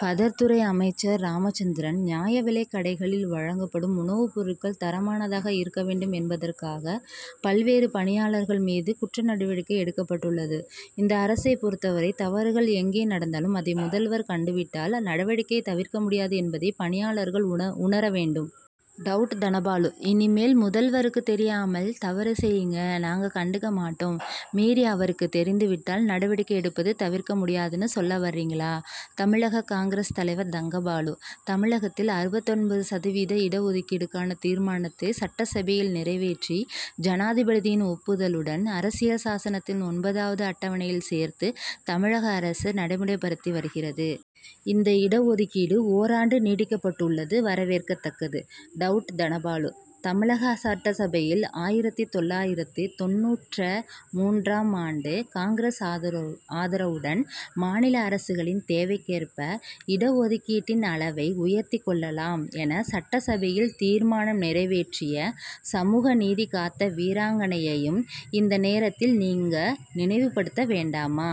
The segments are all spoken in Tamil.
கதர் துறை அமைச்சர் ராமச்சந்திரன்: நியாய விலைக் கடைகளில் வழங்கப்படும் உணவுப்பொருட்கள் தரமானதாக இருக்க வேண்டும் என்பதற்காக, பல்வேறு பணியாளர்கள் மீது, குற்ற நடவடிக்கை எடுக்கப்பட்டுள்ளது. இந்த அரசைப் பொறுத்தவரை, தவறுகள் எங்கே நடந்தாலும், அதை முதல்வர் கண்டுவிட்டால், நடவடிக்கையை தவிர்க்க முடியாது என்பதை பணியாளர்கள் உணர வேண்டும். டவுட் தனபாலு: இனிமேல் முதல்வருக்கு தெரியாமல், தவறு செய்யுங்கநாங்க கண்டுக்க மாட்டோம்மீறி, அவருக்கு தெரிந்துவிட்டால், நடவடிக்கை எடுப்பது தவிர்க்க முடியாதுன்னு சொல்ல வர்றீங்களா! தமிழக காங்கிரஸ் தலைவர் தங்கபாலு: தமிழகத்தில் அறுபத்தொன்பது சதவீத இட ஒதுக்கீட்டுக்கான தீர்மானத்தை சட்டசபையில் நிறைவேற்றி, ஜனாதிபதியின் ஒப்புதலுடன், அரசியல் சாசனத்தின் ஒன்பதாவது அட்டவணையில் சேர்த்து, தமிழக அரசு நடைமுறைப்படுத்தி வருகிறது. இந்த இட ஒதுக்கீடு ஓராண்டு நீட்டிக்கப்பட்டுள்ளது வரவேற்கத்தக்கது. டவுட் தனபாலு: தமிழக சட்டசபையில், ஆயிரத்து தொள்ளாயிரத்து தொண்ணூற்ற மூன்றாம் ஆண்டு, காங்கிரஸ் ஆதரவுடன், மாநில அரசுகளின் தேவைக்கேற்ப, இட ஒதுக்கீட்டின் அளவை உயர்த்திக் கொள்ளலாம் என சட்டசபையில் தீர்மானம் நிறைவேற்றிய, சமூக நீதி காத்த வீராங்கனையையும், இந்த நேரத்தில், நீங்க நினைவுபடுத்த வேண்டாமா?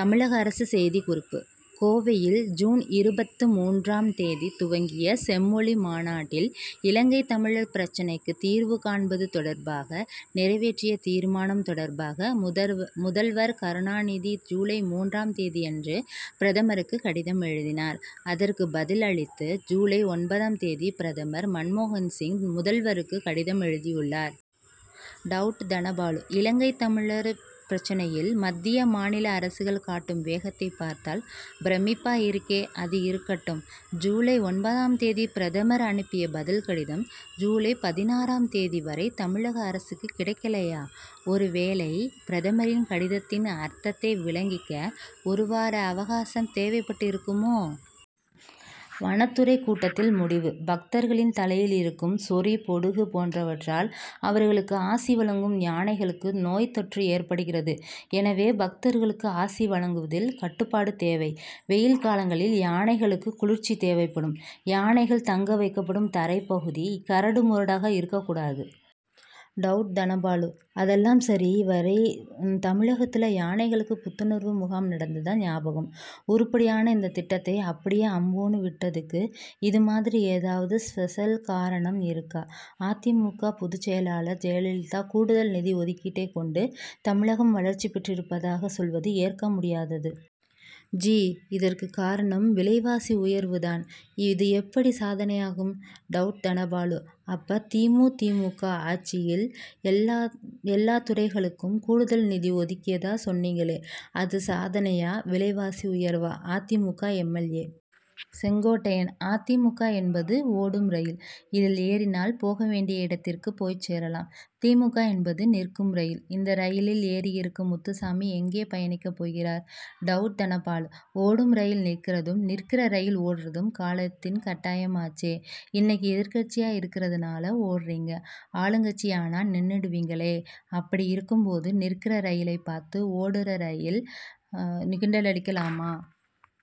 தமிழக அரசு செய்திக்குறிப்பு கோவையில் ஜூன் இருபத்து மூன்றாம் தேதி துவங்கிய செம்மொழி மாநாட்டில், இலங்கைத் தமிழர் பிரச்னைக்கு தீர்வு காண்பது தொடர்பாக, நிறைவேற்றிய தீர்மானம் தொடர்பாக, முதல்வர் கருணாநிதி ஜூலை மூன்றாம் தேதியன்று பிரதமருக்கு கடிதம் எழுதினார். அதற்கு பதில் அளித்து, ஜூலை ஒன்பதாம் தேதி பிரதமர் மன்மோகன் சிங், முதல்வருக்கு கடிதம் எழுதியுள்ளார். டவுட் தனபாலு இலங்கைத் தமிழர் பிரச்னையில், மத்திய, மாநில அரசுகள் காட்டும் வேகத்தை பார்த்தால் பிரமிப்பா இருக்கே! அது இருக்கட்டும் ஜூலை ஒன்பதாம் தேதி பிரதமர் அனுப்பிய பதில் கடிதம், ஜூலை பதினாறாம் தேதி வரை தமிழக அரசுக்கு கிடைக்கலையா? ஒரு வேளை பிரதமரின் கடிதத்தின் அர்த்தத்தை விளங்கிக்க, ஒரு வார அவகாசம் தேவைப்பட்டிருக்குமோ? வனத்துறை கூட்டத்தில் முடிவு பக்தர்களின் தலையில் இருக்கும் சொறி, பொடுகு போன்றவற்றால், அவர்களுக்கு ஆசி வழங்கும் யானைகளுக்கு நோய் தொற்று ஏற்படுகிறது. எனவே, பக்தர்களுக்கு ஆசி வழங்குவதில் கட்டுப்பாடு தேவை. வெயில் காலங்களில் யானைகளுக்கு குளிர்ச்சி தேவைப்படும். யானைகள் தங்க வைக்கப்படும் தரைப்பகுதி, கரடு முரடாக இருக்கக் கூடாது. டவுட் தனபாலு அதெல்லாம் சரி வரை தமிழகத்துல யானைகளுக்கு புத்துணர்வு முகாம் நடந்ததா ஞாபகம்உருப்படியான இந்த திட்டத்தை, அப்படியே அம்போன்னு விட்டதுக்கு, இது மாதிரி ஏதாவது ஸ்பெஷல் காரணம் இருக்கா? அ. தி. மு. க., பொதுச்செயலர் ஜெயலலிதா கூடுதல் நிதி ஒதுக்கீட்டைக் கொண்டு, தமிழகம் வளர்ச்சி பெற்றிருப்பதாக சொல்வது ஏற்க முடியாதது. ஜி. இதற்கு காரணம் விலைவாசி உயர்வு தான். இது எப்படி சாதனையாகும். டவுட் தனபாலு அப்ப தி. மு. தி. மு. க., ஆட்சியில எல்லா துறைகளுக்கும் கூடுதல் நிதி ஒதுக்கியதா சொன்னீங்களேஅது சாதனையாவிலைவாசி உயர்வா? அ. தி. மு. க., எம். எல். ஏ., செங்கோட்டையன்: அ. தி. மு. க., என்பது ஓடும் ரயில். இதில் ஏறினால் போக வேண்டிய இடத்திற்குப் போய்ச் சேரலாம். தி. மு. க., என்பது நிற்கும் ரயில். இந்த ரயிலில் ஏறியிருக்கும் முத்துசாமி எங்கே பயணிக்கப் போகிறார்? டவுட் தனபாலு ஓடும் ரயில் நிற்கறதும், நிற்கற ரயில் ஓடறதும் காலத்தின் கட்டாயமாச்சேஇன்னைக்கு எதிர்க்கட்சியா இருக்கறதால ஓடறீங்க ஆளுங்கட்சியானா நின்னுடுவீங்களே அப்படி இருக்கும்போது, நிற்கற ரயிலைப் பார்த்து ஓடற ரயில் கிண்டலடிக்கலாமா?